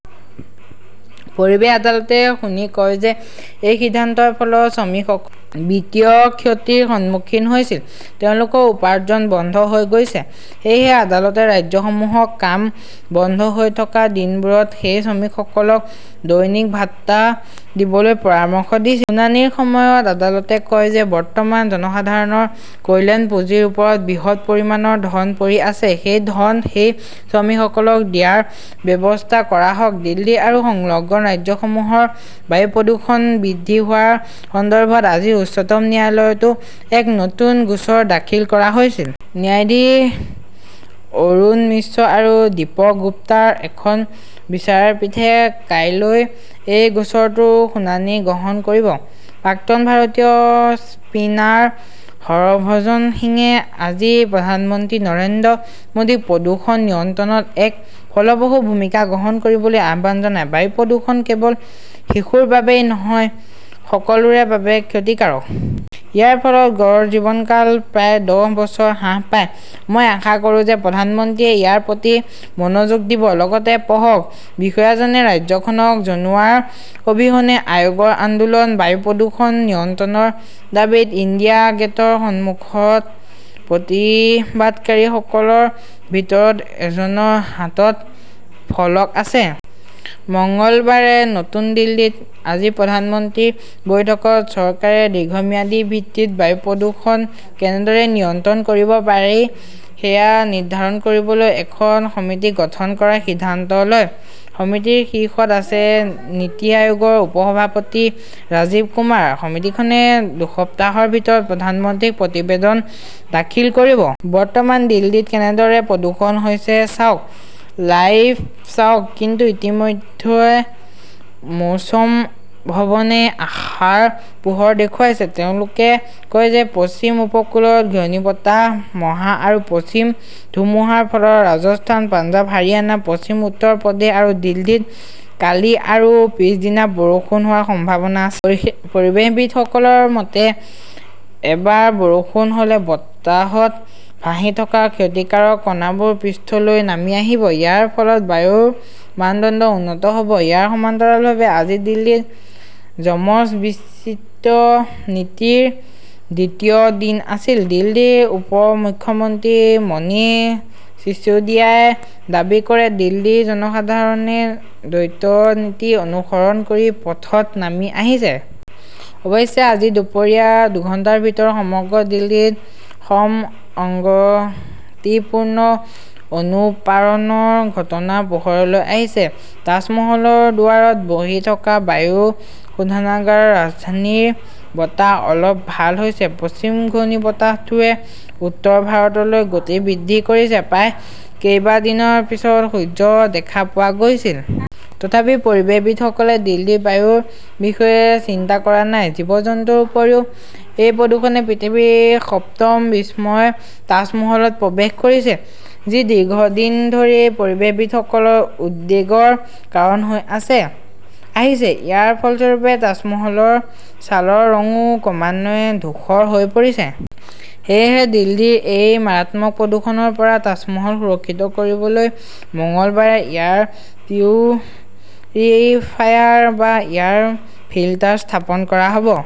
পৰিৱেশ আদালতে শুনি কয় যে এই সিদ্ধান্তৰ ফলত শ্ৰমিকসকল বিত্তীয় ক্ষতিৰ সন্মুখীন হৈছিল। তেওঁলোকৰ উপাৰ্জন বন্ধ হৈ গৈছে। সেয়েহে আদালতে ৰাজ্যসমূহক কাম বন্ধ হৈ থকা দিনবোৰত সেই শ্ৰমিকসকলক দৈনিক ভাত্তা দিবলৈ পৰামৰ্শ দিছিল। শুনানিৰ সময়ত আদালতে কয় যে বৰ্তমান জনসাধাৰণৰ কল্যাণ পুঁজিৰ ওপৰত বৃহৎ পৰিমাণৰ ধন পৰি আছে। সেই ধন সেই শ্ৰমিকসকলক দিয়াৰ ব্যৱস্থা কৰা হওক। দিল্লী আৰু সংলগ্ন ৰাজ্যসমূহৰ বায়ু প্ৰদূষণ বৃদ্ধি হোৱাৰ সন্দৰ্ভত আজি উচ্চতম ন্যায়ালয়তো এক নতুন গোচৰ দাখিল কৰা হৈছিল। ন্যায়াধীশ অৰুণ মিশ্ৰ আৰু দীপক গুপ্তাৰ এখন বিচাৰপীঠে কাইলৈ এই গোচৰটোৰ শুনানি গ্ৰহণ কৰিব। প্ৰাক্তন ভাৰতীয় স্পিনাৰ হৰভজন সিঙে আজি প্ৰধানমন্ত্ৰী নৰেন্দ্ৰ মোডীক প্ৰদূষণ নিয়ন্ত্ৰণত এক ফলপ্ৰসূ ভূমিকা গ্ৰহণ কৰিবলৈ আহ্বান জনায়। "বায়ু প্ৰদূষণ কেৱল শিশুৰ বাবেই নহয়, সকলোৰে বাবে ক্ষতিকাৰক। ইয়াৰ ফলত গড় জীৱনকাল প্ৰায় দহ বছৰ হ্ৰাস পায়। মই আশা কৰোঁ যে প্ৰধানমন্ত্ৰীয়ে ইয়াৰ প্ৰতি মনোযোগ দিব।" লগতে পঢ়কঃ বিষয়াজনে ৰাজ্যখনক জনোৱাৰ অবিহনে আয়োগৰ আন্দোলন, বায়ু প্ৰদূষণ নিয়ন্ত্ৰণৰ দাবীত ইণ্ডিয়া গেটৰ সন্মুখত প্ৰতিবাদকাৰীসকলৰ ভিতৰত এজনৰ হাতত ফলক আছে। মঙলবাৰে নতুন দিল্লীত। আজি প্ৰধানমন্ত্ৰীৰ বৈঠকত চৰকাৰে দীৰ্ঘম্যাদী ভিত্তিত বায়ু প্ৰদূষণ কেনেদৰে নিয়ন্ত্ৰণ কৰিব পাৰি সেয়া নিৰ্ধাৰণ কৰিবলৈ এখন সমিতি গঠন কৰাৰ সিদ্ধান্ত লয়। সমিতিৰ শীৰ্ষত আছে নীতি আয়োগৰ উপ-সভাপতি ৰাজীৱ কুমাৰ। সমিতিখনে দুসপ্তাহৰ ভিতৰত প্ৰধানমন্ত্ৰীক প্ৰতিবেদন দাখিল কৰিব। বৰ্তমান দিল্লীত কেনেদৰে প্ৰদূষণ হৈছে চাওক, লাইভ চাওক কিন্তু ইতিমধ্যে মৌছ'ম ভৱনে আশাৰ পোহৰ দেখুৱাইছে। তেওঁলোকে কয় যে পশ্চিম উপকূলত ঘূৰ্ণীবতাহ মহা আৰু পশ্চিম ধুমুহাৰ ফলত ৰাজস্থান, পঞ্জাৱ, হাৰিয়ানা, পশ্চিম উত্তৰ প্ৰদেশ আৰু দিল্লীত কালি আৰু পিছদিনা বৰষুণ হোৱাৰ সম্ভাৱনা আছ। পৰিৱেশবিদসকলৰ মতে, এবাৰ বৰষুণ হ'লে বতাহত ভাহি থকা ক্ষতিকাৰক কণাবোৰ পৃষ্ঠলৈ নামি আহিব। ইয়াৰ ফলত বায়ুৰ মানদণ্ড উন্নত হ'ব। ইয়াৰ সমান্তৰালভাৱে আজি দিল্লীত যমজ-বিচিত্ৰ নীতিৰ দ্বিতীয় দিন আছিল। দিল্লীৰ উপ মুখ্যমন্ত্ৰী মনীষ চিচুডিয়াই দাবী কৰে, "দিল্লীৰ জনসাধাৰণে দ্বৈত নীতি অনুসৰণ কৰি পথত নামি আহিছে। "অৱশ্যে আজি দুপৰীয়া দুঘণ্টাৰ ভিতৰত সমগ্ৰ দিল্লীত সম-অসঙ্গতিপূৰ্ণ অনুপাৰণৰ ঘটনা পোহৰলৈ আহিছে। তাজমহলৰ দুৱাৰত বহি থকা বায়ু শোধনাগাৰ ৰাজধানীৰ বতাহ অলপ ভাল হৈছে। পশ্চিম ঘূৰ্ণীবতাহটোৱে উত্তৰ ভাৰতলৈ গতি বৃদ্ধি কৰিছে। প্ৰায় কেইবা দিনৰ পিছত সূৰ্য দেখা পোৱা গৈছিল। তথাপিও পৰিৱেশবিদসকলে দিল্লীৰ বায়ুৰ বিষয়ে চিন্তা কৰা নাই। জীৱ-জন্তুৰ উপৰিও, এই প্ৰদূষণে পৃথিৱীৰ সপ্তম বিস্ময় তাজমহলত প্ৰৱেশ কৰিছে, যি দীৰ্ঘদিন ধৰি পৰিৱেশবিদসকলৰ উদ্বেগৰ কাৰণ হৈ আছে আহিছে। ইয়াৰ ফলস্বৰূপে তাজমহলৰ ছালৰ ৰংও ক্ৰমান্বয়ে ধূসৰ হৈ পৰিছে। সেয়েহে দিল্লীৰ এই মাৰাত্মক প্ৰদূষণৰ পৰা তাজমহল সুৰক্ষিত কৰিবলৈ মঙলবাৰে এয়াৰ পিউৰিফায়াৰ বা এয়াৰ ফিল্টাৰ স্থাপন কৰা হ'ব।